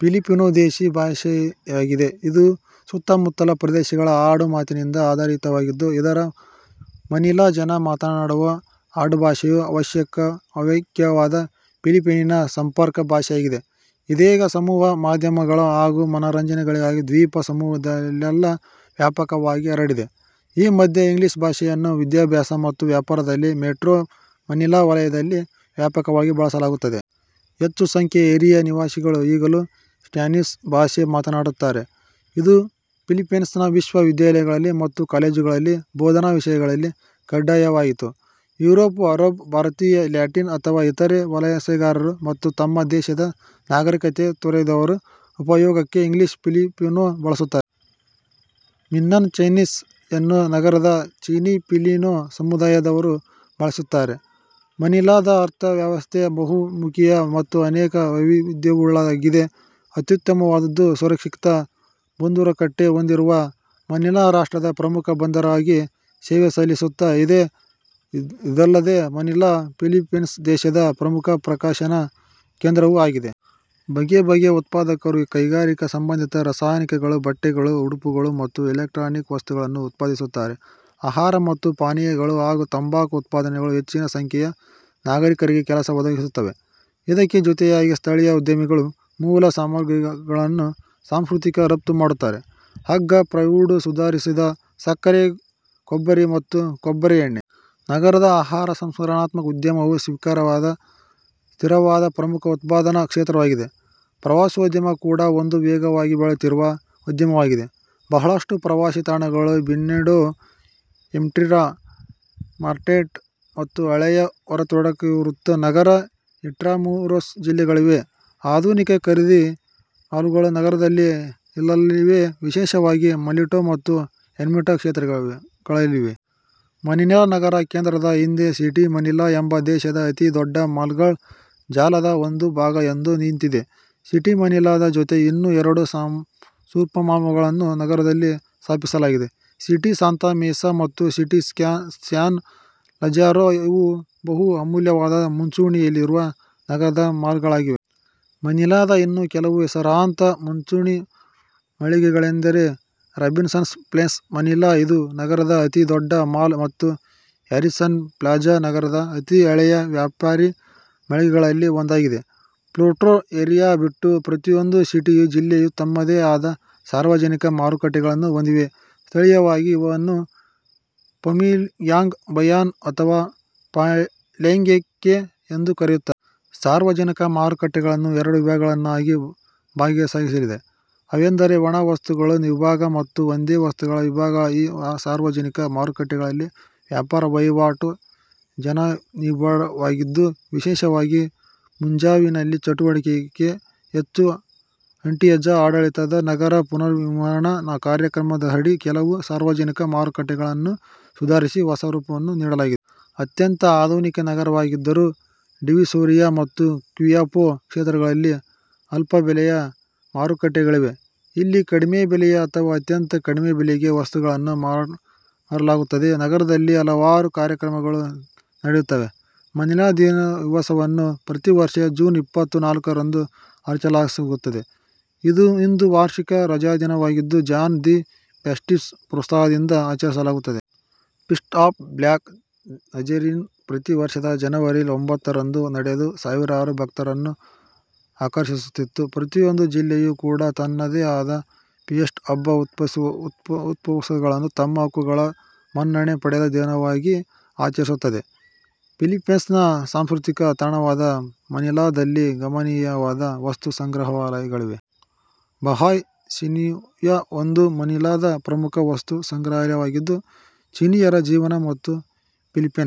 Filipino ದೇಶೀ ಭಾಷೆಯಾಗಿದೆ, ಇದು ಸುತ್ತಮುತ್ತಲ ಪ್ರದೇಶಗಳ ಆಡು ಮಾತಿನಿಂದ ಆಧಾರಿತವಾಗಿದ್ದು, ಇದರ ಮನಿಲಾ ಜನ ಮಾತಾಡುವ ಆಡುಭಾಷೆಯು ಅವ್ಯಕವಾದ ಫಿಲಿಪೈನಿನ ಸಂಪರ್ಕ ಭಾಷೆಯಾಗಿದೆ, ಇದೇಗ ಸಮೂಹ ಮಾಧ್ಯಮಗಳು ಹಾಗೂ ಮನರಂಜನೆಗಳಿಂದಾಗಿ ದ್ವೀಪ ಸಮೂಹದಲ್ಲೆಲ್ಲಾ ವ್ಯಾಪಕವಾಗಿ ಹರಡಿದೆ. ಈ ಮಧ್ಯೆ, ಇಂಗ್ಲಿಷ್ ಭಾಷೆಯನ್ನು ವಿದ್ಯಾಭ್ಯಾಸ ಮತ್ತು ವ್ಯಾಪಾರದಲ್ಲಿ ಮೆಟ್ರೋ-ಮನಿಲಾ ವಲಯದಲ್ಲಿ ವ್ಯಾಪಕವಾಗಿ ಬಳಸಲಾಗುತ್ತದೆ. ಹೆಚ್ಚು ಸಂಖ್ಯೆಯ ಹಿರಿಯ ನಿವಾಸಿಗಳು ಈಗಲೂ ಸ್ಪ್ಯಾನಿಷ್ ಭಾಷೆ ಮಾತನಾಡುತ್ತಾರೆ. ಇದು ಫಿಲಿಪ್ಪೈನ್ನ ವಿಶ್ವ ವಿದ್ಯಾಲಯಗಳಲ್ಲಿ ಮತ್ತು ಕಾಲೇಜುಗಳಲ್ಲಿ ಬೋಧನಾ ವಿಷಯಗಳಲ್ಲಿ ಕಡ್ಡಾಯವಾಗಿತ್ತು. Europe, Arab. ಭಾರತೀಯ, ಲ್ಯಾಟಿನ್ ಅಥವಾ ಇತರೆ ವಲಸೆಗಾರರು ಮತ್ತು ತಮ್ಮ ದೇಶದ ನಾಗರೀಕತೆ ತೊರೆದವರ ಉಪಯೋಗಕ್ಕೆ ಇಂಗ್ಲಿಷ್ ಫಿಲಿಪೊನೊ ಬಳಸುತ್ತಾರೆ. ಮಿನ್ನನ್ ಚೈನೀಸ್ ಯನ್ನು ನಗರದ ಚೀನಿ-ಫಿಲಿನೊ ಸಮುದಾಯದವರು ಬಳಸುತ್ತಾರೆ. ಮನಿಲಾದ ಅರ್ಥ ವ್ಯವಸ್ಥೆ ಬಹು ಮುಖೀಯ ಮತ್ತು ಅನೇಕ ವೈವಿದ್ಯವುಳ್ಳದ್ದಾಗಿದೆ. ಅತ್ಯುತ್ತಮವಾದದ್ದು, ಸುರಕ್ಷಿತ ಬಂದರುಕಟ್ಟೆ ಹೊಂದಿರುವ ಮನಿಲಾ ರಾಷ್ಟ್ರದ ಪ್ರಮುಖ ಬಂದರಾಗಿ ಸೇವೆ ಸಲ್ಲಿಸುತ್ತಾ ಇದೆ. ಇದಲ್ಲದೆ, ಮನಿಲಾ ಫಿಲಿಪ್ಪೈನ್ಸ್ ದೇಶದ ಪ್ರಮುಖ ಪ್ರಕಾಶನ ಕೇಂದ್ರವೂ ಆಗಿದೆ. ಬಗೆ ಬಗೆಯ ಉತ್ಪಾದಕರು, ಕೈಗಾರಿಕೆ ಸಂಬಂಧಿತ ರಸಾಯನಿಕಗಳು, ಬಟ್ಟೆಗಳು, ಉಡುಪುಗಳು ಮತ್ತು ಎಲೆಕ್ಟ್ರಾನಿಕ್ ವಸ್ತುಗಳನ್ನು ಉತ್ಪಾದಿಸುತ್ತಾರೆ. ಆಹಾರ ಮತ್ತು ಪಾನೀಯಗಳು ಹಾಗೂ ತಂಬಾಕು ಉತ್ಪಾದನೆಗಳು ಹೆಚ್ಚಿನ ಸಂಖ್ಯೆಯ ನಾಗರೀಕರಿಗೆ ಕೆಲಸ ಒದಗಿಸುತ್ತವೆ. ಇದಕ್ಕೆ ಜೊತೆಯಾಗಿ, ಸ್ಥಳೀಯ ಉದ್ಯಮಿಗಳು ಮೂಲ ಸಾಮಗ್ರಿಗಳನ್ನು ಸಂಸ್ಕರಿಸಿ ರಫ್ತು ಮಾಡುತ್ತಾರೆ, ಹಗ್ಗ, ಪ್ಲೈವುಡ್, ಸುಧಾರಿಸಿದ ಸಕ್ಕರೆ, ಕೊಬ್ಬರಿ, ಮತ್ತು ಕೊಬ್ಬರಿ ಎಣ್ಣೆ. ನಗರದ ಆಹಾರ ಸಂಸ್ಕರಣಾ ಉದ್ಯಮವು ಸ್ಥಿರವಾದ ಪ್ರಮುಖ ಉತ್ಪಾದನಾ ಕ್ಷೇತ್ರವಾಗಿದೆ. ಪ್ರವಾಸೋದ್ಯಮ ಕೂಡಾ ಒಂದು ವೇಗವಾಗಿ ಬೆಳೆಯುತ್ತಿರುವ ಉದ್ಯಮವಾಗಿದೆ. ಬಹಳಷ್ಟು ಪ್ರವಾಸಿ ತಾಣಗಳು ಬಿನಂಡೊ, ಎರ್ಮಿಟಾ, ಮಾಲೇಟ್ ಮತ್ತು ಹಳೆಯ ಹೊರಗೋಡೆಯಾವೃತ ನಗರ, ಇಂಟ್ರಾಮುರೊಸ್ ಜಿಲ್ಲೆಗಳಲ್ಲಿವೆ. ಆಧುನಿಕ ಖರೀದಿ ಮಾಲ್ಗಳು ನಗರದಲ್ಲಿ ಅಲ್ಲಲ್ಲಿವೆ. ವಿಶೇಷವಾಗಿ ಮಲೇಟ್ ಮತ್ತು ಎರ್ಮಿಟಾ ಕ್ಷೇತ್ರಗಳಲ್ಲಿವೆ. ಮನಿಲಾ ನಗರ ಕೇಂದ್ರದ ಹಿಂದೆ ಸಿಟಿ ಮನಿಲಾ ಎಂಬ ದೇಶದ ಅತಿ ದೊಡ್ಡ ಮಾಲ್ಗಳ ಜಾಲದ ಒಂದು ಭಾಗ ಎದ್ದು ನಿಂತಿದೆ. ಸಿಟಿ ಮನಿಲಾದ, ಜೊತೆ ಇನ್ನೂ ಎರಡು ಸೂಪರ್ಮಾಲ್ಗಳನ್ನು ನಗರದಲ್ಲಿ ಸ್ಥಾಪಿಸಲಾಗಿದೆ, ಸಿಟಿ ಸಾಂತಾ ಮೆಸಾ ಮತ್ತು ಸಿಟಿ ಸ್ಯಾನ್ ಲಜಾರೊ, ಇವು ಬಹು ಅಮೂಲ್ಯವಾದ ಮುಂಚೂಣಿಯಲ್ಲಿರುವ ನಗರದ ಮಾಲ್ಗಳಾಗಿವೆ. ಮನಿಲಾದ ಇನ್ನೂ ಕೆಲವು ಹೆಸರಾಂತ ಮುಂಚೂಣಿ ಮಳಿಗೆಗಳೆಂದರೆ ರಾಬಿನ್ಸನ್ಸ್ ಪ್ಲೇಸ್ ಮನಿಲಾ, ಇದು ನಗರದ ಅತಿ ದೊಡ್ಡ ಮಾಲ್, ಮತ್ತು ಹ್ಯಾರಿಸನ್ ಪ್ಲಾಜಾ ನಗರದ ಅತಿ ಹಳೆಯ ವ್ಯಾಪಾರಿ ಮಳಿಗೆಗಳಲ್ಲಿ ಒಂದಾಗಿದೆ. ಪೋರ್ಟ್ ಏರಿಯಾ ಬಿಟ್ಟು ಪ್ರತಿಯೊಂದು ಸಿಟಿಯ ಜಿಲ್ಲೆಯು ತಮ್ಮದೇ ಆದ ಸಾರ್ವಜನಿಕ ಮಾರುಕಟ್ಟೆಗಳನ್ನು ಹೊಂದಿವೆ, ಸ್ಥಳೀಯವಾಗಿ ಇವನ್ನು ಪಮಿಲಿಹ್ಯಾಂಗ್ ಬಯಾನ್ ಅಥವಾ ಪಾಲೆಂಗ್ಕೆ ಎಂದು ಕರೆಯುತ್ತಾರೆ. ಸಾರ್ವಜನಿಕ ಮಾರುಕಟ್ಟೆಗಳನ್ನು ಎರಡು ವಿಭಾಗಗಳನ್ನಾಗಿ ಭಾಗಿಸಲಾಗಿದೆ. ಅವೆಂದರೆ ಒಣ ವಸ್ತುಗಳ ವಿಭಾಗ ಮತ್ತು ಒದ್ದೆ ವಸ್ತುಗಳ ವಿಭಾಗ. ಈ ಸಾರ್ವಜನಿಕ ಮಾರುಕಟ್ಟೆಗಳಲ್ಲಿ ವ್ಯಾಪಾರ ವಹಿವಾಟು ಜನನಿಬಿಡವಾಗಿದ್ದು ವಿಶೇಷವಾಗಿ ಮುಂಜಾವಿನಲ್ಲಿ ಚಟುವಟಿಕೆ ಹೆಚ್ಚು. ಆಟಿಯಂಜಾ ಆಡಳಿತದ ನಗರ ಪುನರ್ನಿರ್ಮಾಣ ಕಾರ್ಯಕ್ರಮದಡಿ ಕೆಲವು ಸಾರ್ವಜನಿಕ ಮಾರುಕಟ್ಟೆಗಳಾನ್ನು ಸುಧಾರಿಸಿ ಹೊಸ ರೂಪವನ್ನು ನೀಡಲಾಗಿದೆ. ಅತ್ಯಂತ ಆಧುನಿಕ ನಗರವಾಗಿದ್ದರೂ, ಡಿವಿಸೋರಿಯಾ ಮತ್ತು ಕ್ವಿಯಾಪೊ ಕ್ಷೇತ್ರಗಳಲ್ಲಿ ಅಲ್ಪಬೆಲೆಯ ಮಾರುಕಟ್ಟೆಗಳಿವೆ. ಇಲ್ಲಿ ಕಡಿಮೆ ಬೆಲೆಯ ಅಥವಾ ಅತ್ಯಂತ ಕಡಿಮೆ ಬೆಲೆಗೆ ವಸ್ತುಗಳನ್ನು ಮಾರಲಾಗುತ್ತದೆ. ನಗರದಲ್ಲಿ ಹಲವಾರು ಕಾರ್ಯಕ್ರಮಗಳು ನಡೆಯುತ್ತವೆ. ಮನಿಲಾ ದಿವಸವನ್ನು ಪ್ರತಿವರ್ಷ ಜೂನ್ ಇಪ್ಪತ್ತ ನಾಲ್ಕರಂದು ಆಚರಿಸಲಾಗುತ್ತದೆ. ಇಂದೂ ವಾರ್ಷಿಕ ರಜಾದಿನವಾಗಿದ್ದು ಜಾನ್ ದಿ ಬ್ಯಾಪ್ಟಿಸ್ಟ್ ಪ್ರೋತ್ಸಾಹದಿಂದ ಆಚರಿಸಲಾಗುತ್ತದೆ. ಫೀಸ್ಟ್ ಆಫ್ ಬ್ಲಾಕ್ ನಜರಿನ್ ಪ್ರತಿ ವರ್ಷದ ಜನವರಿ ಒಂಭತ್ತರಂದು ನಡೆದು ಸಾವಿರಾರು ಭಕ್ತರನ್ನು ಆಕರ್ಷಿಸುತ್ತಿತ್ತು. ಪ್ರತಿಯೊಂದು ಜಿಲ್ಲೆಯೂ ಕೂಡಾ ತನ್ನದೇ ಆದ ಫಿಯೆಸ್ಟಾ ಹಬ್ಬ, ಉತ್ಸವಗಳನ್ನು ತಮ್ಮ ಹಕ್ಕುಗಳ ಮನ್ನಣೆ ಪಡೆದ ದಿನವಾಗಿ ಆಚರಿಸುತ್ತದೆ. ಫಿಲಿಪ್ಪೈನ್ಸ್ನ ಸಾಂಸ್ಕೃತಿಕ ತಾಣವಾದ ಮನಿಲದಲ್ಲಿ ಗಮನೀಯವಾದ ವಸ್ತು ಸಂಗ್ರಹಾಲಯಗಳಿವೆ. ಬಹಾಯ್ ಸಿನೋಯ್ ಒಂದು ಮನಿಲಾದ ಪ್ರಮುಖ ವಸ್ತು ಸಂಗ್ರಹಾಲಯವಾಗಿದ್ದು ಚೀನೀಯರ ಜೀವನ ಮತ್ತು ಫಿಲಿಪೈನ